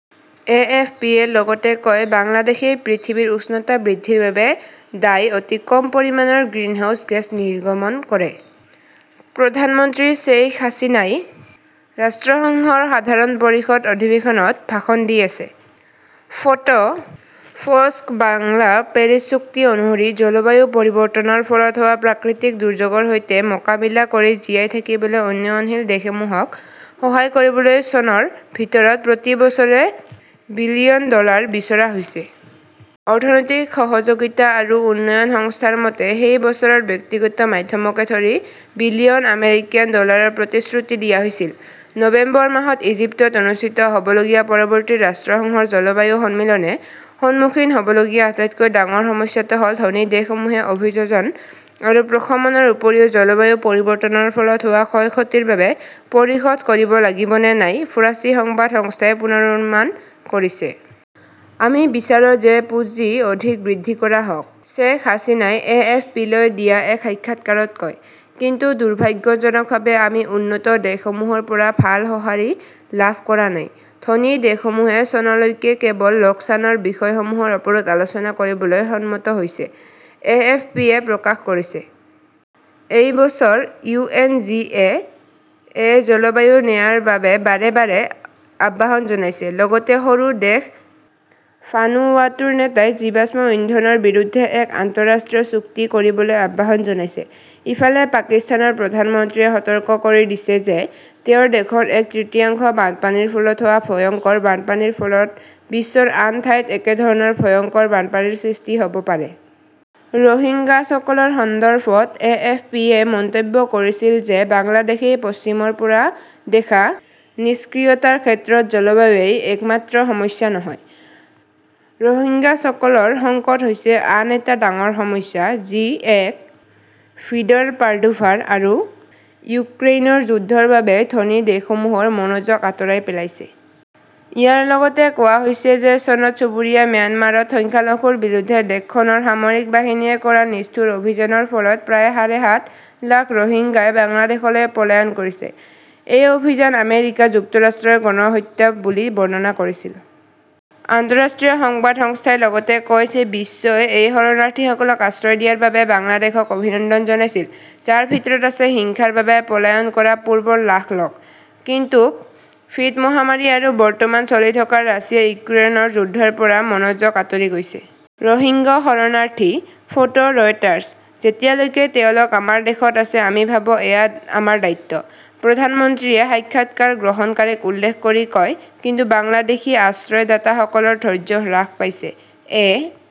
এ. F. P. -য়ে লগতে কয়, "বাংলাদেশই পৃথিৱীৰ উষ্ণতা বৃদ্ধিৰ বাবে দায়ী অতি কম পৰিমাণৰ গ্ৰিনহাউজ গেছ নিৰ্গমন কৰে। " "প্ৰধানমন্ত্ৰী শ্বেইখ হাছিনাই ৰাষ্ট্ৰসংঘৰ সাধাৰণ পৰিষদৰ অধিৱেশনত ভাষণ দি আছে। ফটোঃ ফ 'ক্স বাংলা পেৰিছ চুক্তি অনুসৰি, জলবায়ু পৰিৱৰ্তনৰ ফলত হোৱা প্ৰাকৃতিক দুৰ্যোগৰ সৈতে মোকাবিলা কৰি জীয়াই থাকিবলৈ উন্নয়নশীল দেশসমূহক সহায় কৰিবলৈ চনৰ ভিতৰত প্ৰতি বছৰে বিলিয়ন ডলাৰ বিচাৰা হৈছে। অৰ্থনৈতিক সহযোগিতা আৰু উন্নয়ন সংস্থাৰ মতে, সেই বছৰ ব্যক্তিগত মাধ্যমকে ধৰি বিলিয়ন আমেৰিকান ডলাৰৰ প্ৰতিশ্ৰুতি দিয়া হৈছিল। নৱেম্বৰ মাহত ইজিপ্তত অনুষ্ঠিত হ "বলগীয়া পৰৱৰ্তী ৰাষ্ট্ৰসংঘৰ জলবায়ু সন্মিলনে সন্মুখীন হ" বলগীয়া আটাইতকৈ ডাঙৰ সমস্যাটো হ "ল-ধনী দেশসমূহে অভিযোজন আৰু প্ৰশমনৰ উপৰিও জলবায়ু পৰিৱৰ্তনৰ ফলত হোৱা ক্ষয়-ক্ষতিৰ বাবেও পৰিশোধ কৰিব লাগিব নে নাই, ফৰাচী সংবাদ সংস্থাই পূৰ্বানুমান কৰিছে। "আমি বিচাৰো যে পুঁজি অধিক বৃদ্ধি কৰা হওক", শ্বেখ হাছিনাই এএফপিলৈ দিয়া এক সাক্ষাৎকাৰত কয়। কিন্তু, দুৰ্ভাগ্যজনকভাৱে আমি উন্নত দেশসমূহৰ পৰা ভাল সঁহাৰি লাভ কৰা নাই। "ধনী দেশসমূহে চনলৈকে কেৱল লোকচানৰ বিষয়সমূহৰ ওপৰত আলোচনা কৰিবলৈ সন্মত হৈছে", এএফপিয়ে প্ৰকাশ কৰিছে। এই বছৰ ইউ. এন. জি. এ. -য়ে জলবায়ু ন্যায়ৰ বাবে বাৰে বাৰে আহ্বান জনাইছে। লগতে সৰু দেশ ভানুৱাটুৰ নেতাই জীৱাশ্ম ইন্ধনৰ বিৰুদ্ধে এক আন্তঃৰাষ্ট্ৰীয় চুক্তি কৰিবলৈ আহ্বান জনাইছে। ইফালে, পাকিস্তানৰ প্ৰধানমন্ত্ৰীয়ে সতৰ্ক কৰি দিছে যে তেওঁৰ দেশৰ এক তৃতীয়াংশ বানপানীৰ ফলত হোৱা ভয়ংকৰ বানপানীৰ ফলত বিশ্বৰ আন ঠাইত একেধৰণৰ ভয়ংকৰ বানপানীৰ সৃষ্টি হ "ব পাৰে। ৰোহিংগাসকলৰ সন্দৰ্ভত এ. এফ. পি. -য়ে মন্তব্য কৰিছিল যে বাংলাদেশই পশ্চিমৰ পৰা দেখা নিষ্ক্ৰিয়তাৰ ক্ষেত্ৰত জলবায়ুৱেই একমাত্ৰ সমস্যা নহয়, ৰোহিংগাসকলৰ সংকট হৈছে আন এটা ডাঙৰ সমস্যা যি ক "ভিড- ৰ প্ৰাদুৰ্ভাৱ আৰু ইউক্ৰেইনৰ যুদ্ধৰ বাবে ধনী দেশসমূহৰ মনোযোগ আঁতৰাই পেলাইছে। ইয়াত লগতে কোৱা হৈছে যে চনত চুবুৰীয়া ম্যানমাৰত সংখ্যালঘুসকলৰ বিৰুদ্ধে দেশখনৰ সামৰিক বাহিনীয়ে কৰা নিষ্ঠুৰ অভিযানৰ ফলত প্ৰায় সাঢ়ে সাত লাখ ৰোহিংগাই বাংলাদেশলৈ পলায়ন কৰিছে। এই অভিযানক আমেৰিকা যুক্তৰাষ্ট্ৰই গণহত্যা বুলি বৰ্ণনা কৰিছিল। আন্তঃৰাষ্ট্ৰীয় সংবাদ সংস্থাই লগতে কয় যে বিশ্বই এই শৰণাৰ্থীসকলক আশ্ৰয় দিয়াৰ বাবে বাংলাদেশক অভিনন্দন জনাইছিল, যাৰ ভিতৰত আছে হিংসাৰ বাবে পলায়ন কৰা পূৰ্বৰ লাখ লোক। কিন্তু ক "ভিড- মহামাৰী আৰু বৰ্তমান চলি থকা ৰাছিয়া-ইউক্ৰেইন যুদ্ধৰ পৰা মনোযোগ আঁতৰি গৈছে। ৰোহিংগ্যা শৰণাৰ্থী। Photo Reuters. "যেতিয়ালৈকে তেওঁলোক আমাৰ দেশত আছে, আমি ভাবো, এয়া আমাৰ দায়িত্ব", প্ৰধানমন্ত্ৰীয়ে সাক্ষাৎকাৰ গ্ৰহণকাৰীক উল্লেখ কৰি কয়, কিন্তু বাংলাদেশী আশ্ৰয়দাতাসকলৰ ধৈৰ্য্য হ্ৰাস পাইছে। এ.